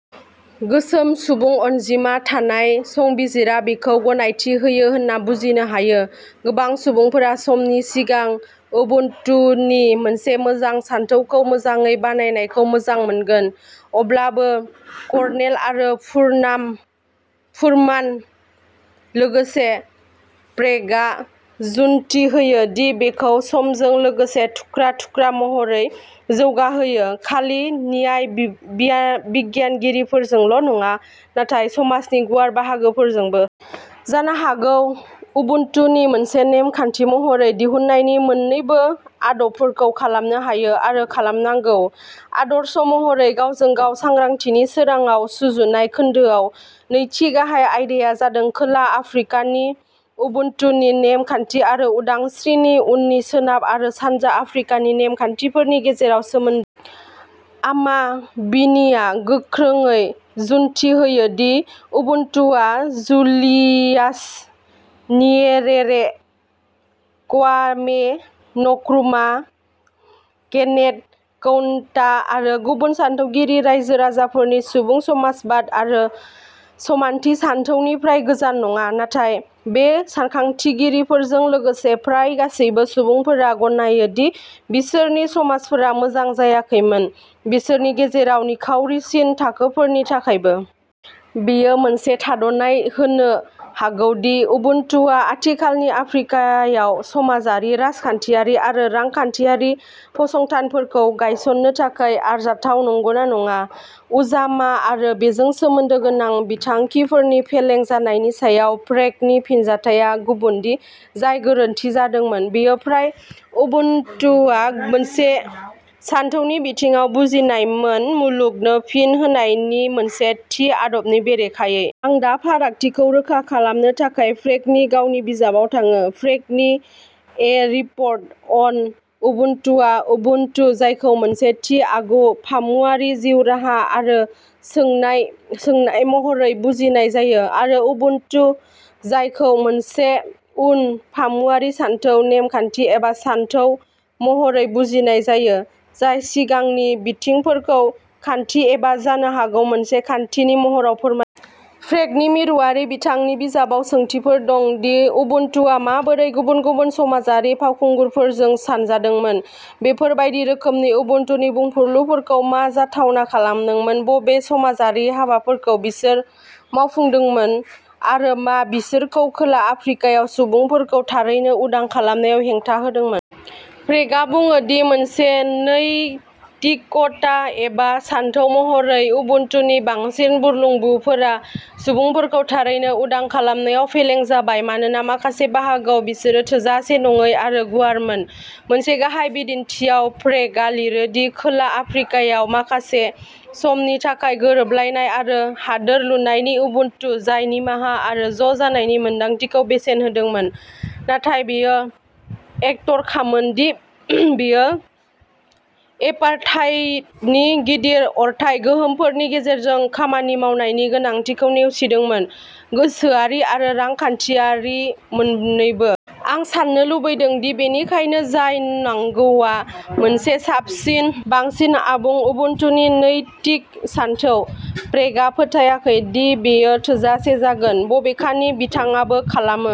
गोसोम सुबुं अनजिमा थानाय, संबिजिरा बेखौ गनायथि होयो होन्ना बुजिनो हायो। गोबां सुबुंफोरा समनि सिगां उबुन्टुनि मोनसे मोजां सानथौखौ मोजाङै बानायनायखौ मोजां मोनगोन। अब्लाबो कर्नेल आरो सुरनाम फुरमान, लोगोसे प्रेगआ जुक्ति होयो दि बेखौ समजों लोगोसे थुख्रा थुख्रा महरै जौगाहोयो, खालि न्याय बिया बिगियानगिरिफोरजोंल' नङा, नाथाय समाजनि गुवार बाहागोफोरजोंबो। जानो हागौ, उबुन्टुनि मोनसे नेम खान्थि महरै दिहुननायनि मोन्नैबो आदबफोरखौ खालामनो हायो आरो खालामनांगौ, आदर्श महरै गावजों गाव सांग्रांथिनि सोरांङाव सुजुनाय खोन्दोआव नैथि गाहाय आयदाया जादों खोला आफ्रिकानि उबुन्टुनि नेम खान्थि आरो उदांस्रिनि उननि सोनाब आरो सानजा आफ्रिकानि नेम खान्थिफोरनि गेजेराव सोमोन। आमा बिनीया गोख्रोंयै जुक्ति होयो दि उबुन्टुआ Julius Nyerere, Kwame Nkrumah, Kenneth Kaunda आरो गुबुन सानथौगिरि रायजो-राजाफोरनि सुबुं समाजबाद आरो समानथि सानथौनिफ्राय गोजान नङा। नाथाय बे सानखांगिरिफोरजों लोगोसे फ्राय गासैबो सुबुंफोरा गनायो दि बिसोरनि समाजफोरा मोजां जायाखैमोन, बिसोरनि गेजेराव निखावरिसिन थाखोफोरनि थाखायबो। बेयो मोनसे थाद'नाय होनो हागौ दि उबुन्टुआ आथिखालनि आफ्रिकायाव समाजारि, राजखान्थियारि आरो रांखान्थियारि फसंथानफोरखौ गायसननो थाखाय आरजाथाव नंगौना नङा। उजामा आरो बेजों सोमोन्दो गोनां बिथांखिफोरनि फेलें जानायनि सायाव प्रेगनि फिनजाथाया गुबुनदि जाय गोरोन्थि जादोंमोन, बेयो फ्राय उबुन्टुआ मोनसे सानथौनि बिथिङाव बुजिनायमोन, मुलुगनो फिन होनायनि मोनसे थि आदबनि बेरेखायै। आं दा फारागथिखौ रोखा खालामनो थाखाय प्रेगनि गावनि बिजाबाव थाङो। प्रेगनि ए रिप'र्ट अन उबुन्टुआ "उबुन्टु", जायखौ मोनसे थि आगु-फामुवारि जिउ राहा आरो सोंनाय-सोंनाय महरै बुजिनाय जायो आरो "उबुन्टु', जायखौ मोनसे उन फामुवारि सानथौ, नेम खान्थि एबा सानथौ महरै बुजिनाय जायो, जाय सिगांनि बिथिंफोरखौ खान्थि एबा जानो हागौ मोनसे खान्थिनि महराव फोरमाय। प्रेगनि मिरुआरि बिथांनि बिजाबाव सोंथिफोर दं दि उबुन्टुआ माबोरै गुबुन गुबुन समाजारि फावखुंगुरफोरजों सानजादोंमोन, बेफोर बायदि रोखोमनि उबुन्टुनि बुंफुरलुफोरखौ मा जाथावना खालामदोंमोन, बबे समाजारि हाबाफोरखौ बिसोर मावफुंदोंमोन आरो मा बिसोरखौ खोला आफ्रिकायाव सुबुंफोरखौ थारैनो उदां खालामनायाव हेंथा होदोंमोन। प्रेगआ बुङो दि मोनसे नैतिकता एबा सानथौ महरै उबुन्टुनि बांसिन बुरलुंबुफोरा सुबुंफोरखौ थारैनो उदां खालामनायाव फेलें जाबाय मानोना माखासे बाहागोआव बिसोरो थोजासे नङै आरो गुवारमोन। मोनसे गाहाय बिदिन्थिआव, प्रेगआ लिरो दि, खोला आफ्रिकायाव माखासे समनि थाखाय गोरोबलायनाय आरो हादोर-लुनायनि उबुन्टु, जाय निमाहा आरो ज' जानायनि मोनदांथिखौ बेसेन होदोंमोन नाथाय बेयो एकटरखामोन दि बेयो एपार्थाइडनि गिदिर अरथाय गोहोमफोरनि गेजेरजों खामानि मावनायनि गोनांथिखौ नेवसिदोंमोन, गोसोआरि आरो रांखान्थियारि मोन्नैबो। आं साननो लुबैदों दि बेनिखायनो जाय नांगौआ मोनसे साबसिन, बांसिन आबुं उबुन्टुनि नैतिक सानथौ। प्रेगआ फोथायाखै दि बेयो थोजासे जागोन, बबेखानि बिथाङाबो खालामो।